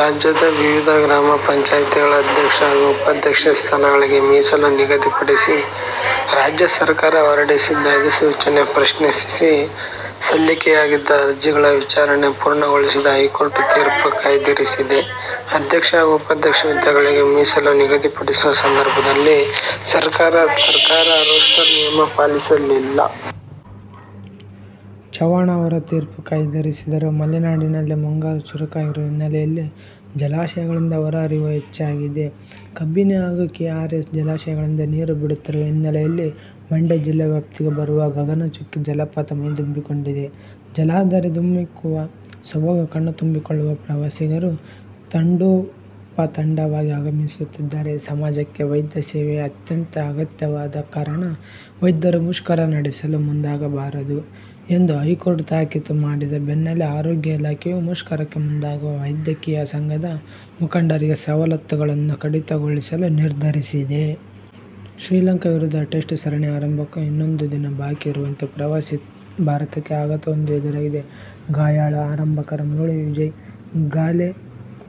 ರಾಜ್ಯದ ವಿವಿಧ ಗ್ರಾಮ ಪಂಚಾಯ್ತಿಗಳ ಅಧ್ಯಕ್ಷ ಹಾಗೂ ಉಪಾಧ್ಯಕ್ಷ ಸ್ಥಾನಗಳಿಗೆ ಮೀಸಲು ನಿಗದಿಪಡಿಸಿ ರಾಜ್ಯ ಸರ್ಕಾರ ಹೊರಡಿಸಿದ್ದ ಅಧಿಸೂಚನೆ ಪ್ರಶ್ನಿಸಿ ಸಲ್ಲಿಕೆಯಾಗಿದ್ದ ಅರ್ಜಿಗಳ ವಿಚಾರಣೆ ಪೂರ್ಣಗೊಳಿಸಿದ ಹೈಕೋರ್ಟ್ ತೀರ್ಪು ಕಾಯ್ದಿರಿಸಿದೆ. ಅಧ್ಯಕ್ಷ ಹಾಗೂ ಉಪಾಧ್ಯಕ್ಷ ಹುದ್ದೆಗಳಿಗೆ ಮೀಸಲು ನಿಗದಿಪಡಿಸುವ ಸಂದರ್ಭದಲ್ಲಿ ಸರ್ಕಾರ ರೋಸ್ಟರ್ ನಿಯಮ ಪಾಲಿಸಿಲ್ಲ. ಚೌಹಾಣ್ ಅವರು ತೀರ್ಪು ಕಾಯ್ದಿರಿಸಿದರು. ಮಲೆನಾಡಲ್ಲಿ ಮುಂಗಾರು ಚುರುಕಾಗಿರುವ ಹಿನ್ನೆಲೆಯಲ್ಲಿ ಜಲಾಶಯಗಳಿಂದ ಹೊರಹರಿವು ಹೆಚ್ಚಾಗಿದೆ. ಕಬಿನಿ ಹಾಗೂ ಕೆಆರ್ಎಸ್ ಜಲಾಶಯಗಳಿಂದ ನೀರು ಬಿಡುತ್ತಿರುವ ಹಿನ್ನೆಲೆಯಲ್ಲಿ ಮಂಡ್ಯ ಜಿಲ್ಲಾ ವ್ಯಾಪ್ತಿಗೆ ಬರುವ ಗಗನಚುಕ್ಕಿ ಜಲಪಾತ ಮೈದುಂಬಿಕೊಂಡಿವೆ. ಜಲಧಾರೆ ಧುಮ್ಮಿಕ್ಕುವ ಸೊಬಗು ಕಣ್ತುಂಬಿಕೊಳ್ಳಲು ಪ್ರವಾಸಿಗರು ತಂಡೋಪತಂಡವಾಗಿ ಆಗಮಿಸುತ್ತಿದ್ದಾರೆ. ಸಮಾಜಕ್ಕೆ ವೈದ್ಯ ಸೇವೆ ಅತ್ಯಂತ ಅಗತ್ಯವಾದ ಕಾರಣ ವೈದ್ಯರು ಮುಷ್ಕರ ನಡೆಸಲು ಮುಂದಾಗಬಾರದು ಎಂದು ಹೈಕೋರ್ಟ್ ತಾಕೀತು ಮಾಡಿದ ಬೆನ್ನಲ್ಲೇ ಆರೋಗ್ಯ ಇಲಾಖೆಯು ಮುಷ್ಕರಕ್ಕೆ ಮುಂದಾಗುವ ವೈದ್ಯಕೀಯ ಸಂಘದ ಮುಖಂಡರಿಗೆ ಸವಲತ್ತುಗಳನ್ನು ಕಡಿತಗೊಳಿಸಲು ನಿರ್ಧರಿಸಿದೆ. ಶ್ರೀಲಂಕಾ ವಿರುದ್ಧದ ಟೆಸ್ಟ್ ಸರಣಿಯ ಆರಂಭಕ್ಕೆ ಇನ್ನೊಂದೇ ದಿನ ಬಾಕಿ ಇರುವಂತೆಯೇ ಪ್ರವಾಸಿ ಭಾರತಕ್ಕೆ ಆಘಾತವೊಂದು ಎದುರಾಗಿದೆ. ಗಾಯಾಳು ಆರಂಭಕಾರ ಮುರಳಿ ವಿಜಯ್ ಗಾಲೆ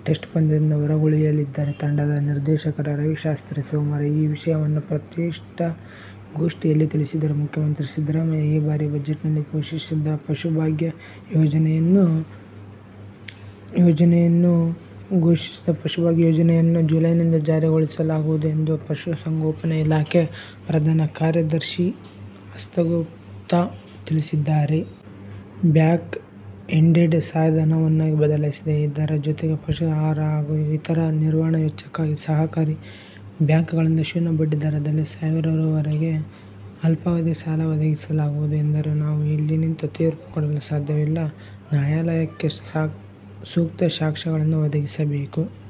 ಟೆಸ್ಟ್ ಪಂದ್ಯದಿಂದ ಹೊರಗುಳಿಯಲಿದ್ದಾರೆ. ತಂಡದ ನಿರ್ದೇಶಕ ರವಿ ಶಾಸ್ತ್ರಿ ಸೋಮವಾರ ಈ ವಿಷಯವನ್ನು ಪತ್ರಿಕಾಗೋಷ್ಠಿಯಲ್ಲಿ ತಿಳಿಸಿದರು. ಮುಖ್ಯಮಂತ್ರಿ ಸಿದ್ದರಾಮಯ್ಯ ಈ ಬಾರಿಯ ಬಜೆಟ್ನಲ್ಲಿ ಘೋಷಿಸಿದ್ದ ಪಶುಭಾಗ್ಯ ಯೋಜನೆಯನ್ನು ಜುಲೈನಿಂದ ಜಾರಿಗೊಳಿಸಲಾಗುವುದು ಎಂದು ಪಶುಸಂಗೋಪನೆ ಇಲಾಖೆ ಪ್ರಧಾನ ಕಾರ್ಯದರ್ಶಿ ಹರ್ಷಗುಪ್ತಾ ತಿಳಿಸಿದ್ದಾರೆ. ಬ್ಯಾಕ್ಎಂಡೆಡ್ ಸಹಾಯಧನವನ್ನಾಗಿ ಬದಲಾಯಿಸಿದೆ. ಇದರ ಜೊತೆಗೆ ಪಶು ಆಹಾರ ಹಾಗೂ ಇತರೆ ನಿರ್ವಹಣೆ ವೆಚ್ಚಕ್ಕಾಗಿ ಸಹಕಾರಿ ಬ್ಯಾಂಕುಗಳಿಂದ ಶೂನ್ಯ ಬಡ್ಡಿ ದರದಲ್ಲಿ ಸಾವಿರ ರೂ. ವರೆಗೆ ಅಲ್ಪಾವಧಿ ಸಾಲ ಒದಗಿಸಲಾಗುವುದು ಎಂದರು. 'ನಾವು ಇಲ್ಲಿ ನಿಂತು ತೀರ್ಪು ಕೊಡಲು ಸಾಧ್ಯವಿಲ್ಲ. ನ್ಯಾಯಾಲಯಕ್ಕೆ ಸೂಕ್ತ ಸಾಕ್ಷ್ಯಗಳನ್ನು ಒದಗಿಸಬೇಕು.